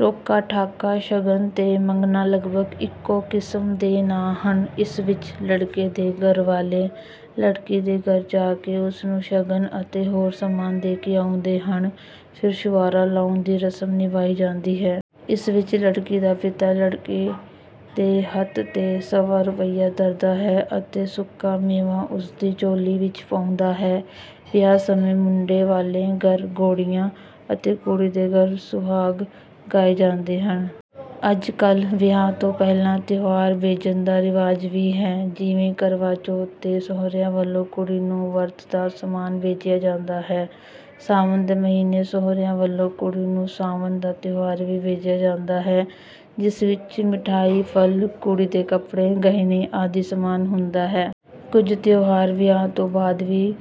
ਰੋਕਾ, ਠਾਕਾ, ਸ਼ਗਨ ਤੇ ਮੰਗਣਾ ਲਗਭਗ ਇੱਕੋ ਕਿਸਮ ਦੇ ਨਾਂ ਹਨ। ਇਸ ਵਿੱਚ ਲੜਕੇ ਦੇ ਘਰ ਵਾਲੇ ਲੜਕੀ ਦੇ ਘਰ ਜਾ ਕੇ ਉਸ ਨੂੰ ਸ਼ਗਨ ਅਤੇ ਹੋਰ ਸਮਾਨ ਦੇ ਕੇ ਆਉਂਦੇ ਹਨ। ਫਿਰ ਛੁਆਰਾ ਲਾਉਣ ਦੀ ਰਸਮ ਨਿਭਾਈ ਜਾਂਦੀ ਹੈ। ਇਸ ਵਿੱਚ ਲੜਕੀ ਦਾ ਪਿਤਾ ਲੜਕੇ ਦੇ ਹੱਥ ’ਤੇ ਸਵਾ ਰੁਪਇਆ ਧਰਦਾ ਹੈ ਅਤੇ ਸੁੱਕਾ ਮੇਵਾ ਉਸ ਦੀ ਝੋਲੀ ਵਿੱਚ ਪਾਉਂਦਾ ਹੈ। ਵਿਆਹ ਸਮੇਂ ਮੁੰਡੇ ਵਾਲੇ ਘਰ ‘ਘੋੜੀਆਂ’ ਅਤੇ ਕੁੜੀ ਦੇ ਘਰ ‘ਸੁਹਾਗ’ ਗਾਏ ਜਾਂਦੇ ਹਨ। ਅੱਜ-ਕੱਲ੍ਹ ਵਿਆਹ ਤੋਂ ਪਹਿਲਾਂ ਤਿਉਹਾਰ ਭੇਜਣ ਦਾ ਰਿਵਾਜ ਵੀ ਹੈ। ਜਿਵੇਂ ਕਰਵਾ ਚੌਥ ’ਤੇ ਸਹੁਰਿਆਂ ਵੱਲੋਂ ਕੁੜੀ ਨੂੰ ਵਰਤ ਦਾ ਸਮਾਨ ਭੇਜਿਆ ਜਾਂਦਾ ਹੈ। ਸਾਵਣ ਦੇ ਮਹੀਨੇ ਸਹੁਰਿਆਂ ਵੱਲੋਂ ਕੁੜੀ ਨੂੰ ਸਾਵਣ ਦਾ ਤਿਉਹਾਰ ਵੀ ਭੇਜਿਆ ਜਾਂਦਾ ਹੈ, ਜਿਸ ਵਿੱਚ ਮਿਠਾਈ, ਫਲ, ਕੁੜੀ ਦੇ ਕੱਪੜੇ, ਗਹਿਣੇ ਆਦਿ ਸਮਾਨ ਹੁੰਦਾ ਹੈ। ਕੁਝ ਤਿਉਹਾਰ ਵਿਆਹ ਤੋਂ ਬਾਅਦ ਵੀ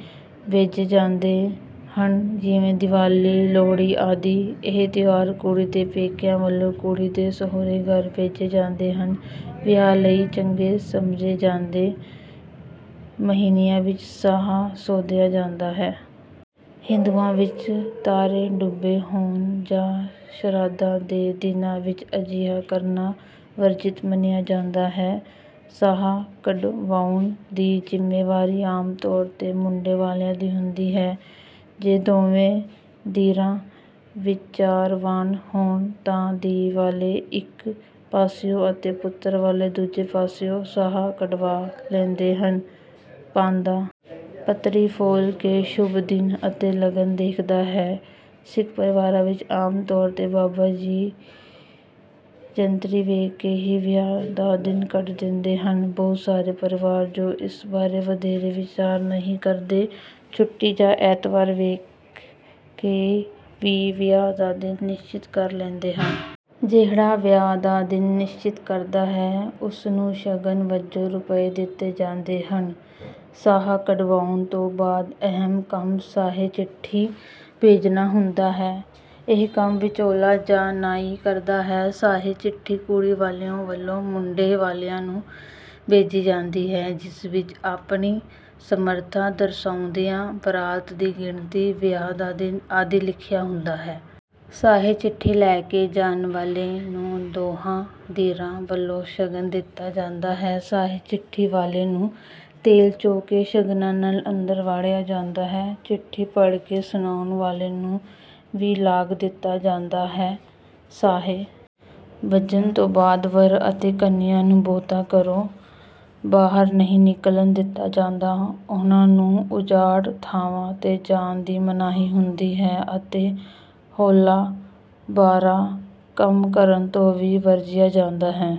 ਭੇਜੇ ਜਾਂਦੇ ਹਨ, ਜਿਵੇਂ ਦਿਵਾਲੀ, ਲੋਹੜੀ ਆਦਿ। ਇਹ ਤਿਉਹਾਰ ਕੁੜੀ ਦੇ ਪੇਕਿਆਂ ਵੱਲੋਂ ਕੁੜੀ ਦੇ ਸਹੁਰੇ ਘਰ ਭੇਜੇ ਜਾਂਦੇ ਹਨ। ਵਿਆਹ ਲਈ ਚੰਗੇ ਸਮਝੇ ਜਾਂਦੇ ਮਹੀਨਿਆਂ ਵਿੱਚ ਸਾਹਾ ਸੋਧਿਆ ਜਾਂਦਾ ਹੈ। ਹਿੰਦੂਆਂ ਵਿੱਚ ਤਾਰੇ ਡੁੱਬੇ ਹੋਣ ਜਾਂ ਸ਼ਰਾਧਾਂ ਦੇ ਦਿਨਾਂ ਵਿੱਚ ਅਜਿਹਾ ਕਰਨਾ ਵਰਜਿਤ ਮੰਨਿਆ ਜਾਂਦਾ ਹੈ। ਸਾਹਾ ਕਢਵਾਉਣ ਦੀ ਜ਼ਿੰਮੇਵਾਰੀ ਆਮ ਤੌਰ ’ਤੇ ਮੁੰਡੇ ਵਾਲਿਆਂ ਦੀ ਹੁੰਦੀ ਹੈ। ਜੇ ਦੋਵੇਂ ਧਿਰਾਂ ਵਿਚਾਰਵਾਨ ਹੋਣ, ਤਾਂ ਧੀ ਵਾਲੇ ਇੱਕ ਪਾਸਿਓਂ ਅਤੇ ਪੁੱਤਰ ਵਾਲੇ ਦੂਜੇ ਪਾਸਿਓਂ ਸਾਹਾ ਕਢਵਾ ਲੈਂਦੇ ਹਨ। ਪਾਂਧਾ ਪੱਤਰੀ ਫੋਲ ਕੇ ਸ਼ੁਭ ਦਿਨ ਅਤੇ ਲਗਨ ਦੇਖਦਾ ਹੈ। ਸਿੱਖ ਪਰਿਵਾਰਾਂ ਵਿੱਚ ਆਮ ਤੌਰ ’ਤੇ ਬਾਬਾ ਜੀ ਜੰਤਰੀ ਵੇਖ ਕੇ ਹੀ ਵਿਆਹ ਦਾ ਦਿਨ ਕੱਢ ਦਿੰਦੇ ਹਨ। ਬਹੁਤ ਸਾਰੇ ਪਰਿਵਾਰ, ਜੋ ਇਸ ਬਾਰੇ ਵਧੇਰੇ ਵਿਚਾਰ ਨਹੀਂ ਕਰਦੇ, ਛੁੱਟੀ ਜਾਂ ਐਤਵਾਰ ਵੇਖ ਕੇ ਵੀ ਵਿਆਹ ਦਾ ਦਿਨ ਨਿਸ਼ਚਿਤ ਕਰ ਲੈਂਦੇ ਹਨ। ਜਿਹੜਾ ਵਿਆਹ ਦਾ ਦਿਨ ਨਿਸ਼ਚਿਤ ਕਰਦਾ ਹੈ, ਉਸ ਨੂੰ ਸ਼ਗਨ ਵਜੋਂ ਰੁਪਏ ਦਿੱਤੇ ਜਾਂਦੇ ਹਨ। ਸਾਹਾ ਕਢਵਾਉਣ ਤੋਂ ਬਾਅਦ ਅਹਿਮ ਕੰਮ ਸਾਹੇ-ਚਿੱਠੀ ਭੇਜਣਾ ਹੁੰਦਾ ਹੈ। ਇਹ ਕੰਮ ਵਿਚੋਲਾ ਜਾਂ ਨਾਈ ਕਰਦਾ ਹੈ। ਸਾਹੇ-ਚਿੱਠੀ ਕੁੜੀ ਵਾਲਿਆਂ ਵੱਲੋਂ ਮੁੰਡੇ ਵਾਲਿਆਂ ਨੂੰ ਭੇਜੀ ਜਾਂਦੀ ਹੈ, ਜਿਸ ਵਿੱਚ ਆਪਣੀ ਸਮਰੱਥਾ ਦਰਸਾਉਂਦਿਆਂ ਬਰਾਤ ਦੀ ਗਿਣਤੀ, ਵਿਆਹ ਦਾ ਦਿਨ ਆਦਿ ਲਿਖਿਆ ਹੁੰਦਾ ਹੈ। ਸਾਹੇ-ਚਿੱਠੀ ਲੈ ਕੇ ਜਾਣ ਵਾਲੇ ਨੂੰ ਦੋਹਾਂ ਧਿਰਾਂ ਵੱਲੋਂ ਸ਼ਗਨ ਦਿੱਤਾ ਜਾਂਦਾ ਹੈ। ਸਾਹੇ-ਚਿੱਠੀ ਵਾਲੇ ਨੂੰ ਤੇਲ ਚੋ ਕੇ ਸ਼ਗਨਾਂ ਨਾਲ ਅੰਦਰ ਵਾੜਿਆ ਜਾਂਦਾ ਹੈ। ਚਿੱਠੀ ਪੜ੍ਹ ਕੇ ਸੁਣਾਉਣ ਵਾਲੇ ਨੂੰ ਵੀ ਲਾਗ ਦਿੱਤਾ ਜਾਂਦਾ ਹੈ। ਸਾਹੇ ਬੱਜਣ ਤੋਂ ਬਾਅਦ ਵਰ ਅਤੇ ਕੰਨਿਆ ਨੂੰ ਬਹੁਤਾ ਘਰੋਂ ਬਾਹਰ ਨਹੀਂ ਨਿਕਲਣ ਦਿੱਤਾ ਜਾਂਦਾ। ਉਹਨਾਂ ਨੂੰ ਉਜਾੜ ਥਾਵਾਂ ’ਤੇ ਜਾਣ ਦੀ ਮਨਾਹੀ ਹੁੰਦੀ ਹੈ ਅਤੇ ਹੌਲਾ-ਭਾਰਾ ਕੰਮ ਕਰਨ ਤੋਂ ਵੀ ਵਰਜਿਆ ਜਾਂਦਾ ਹੈ।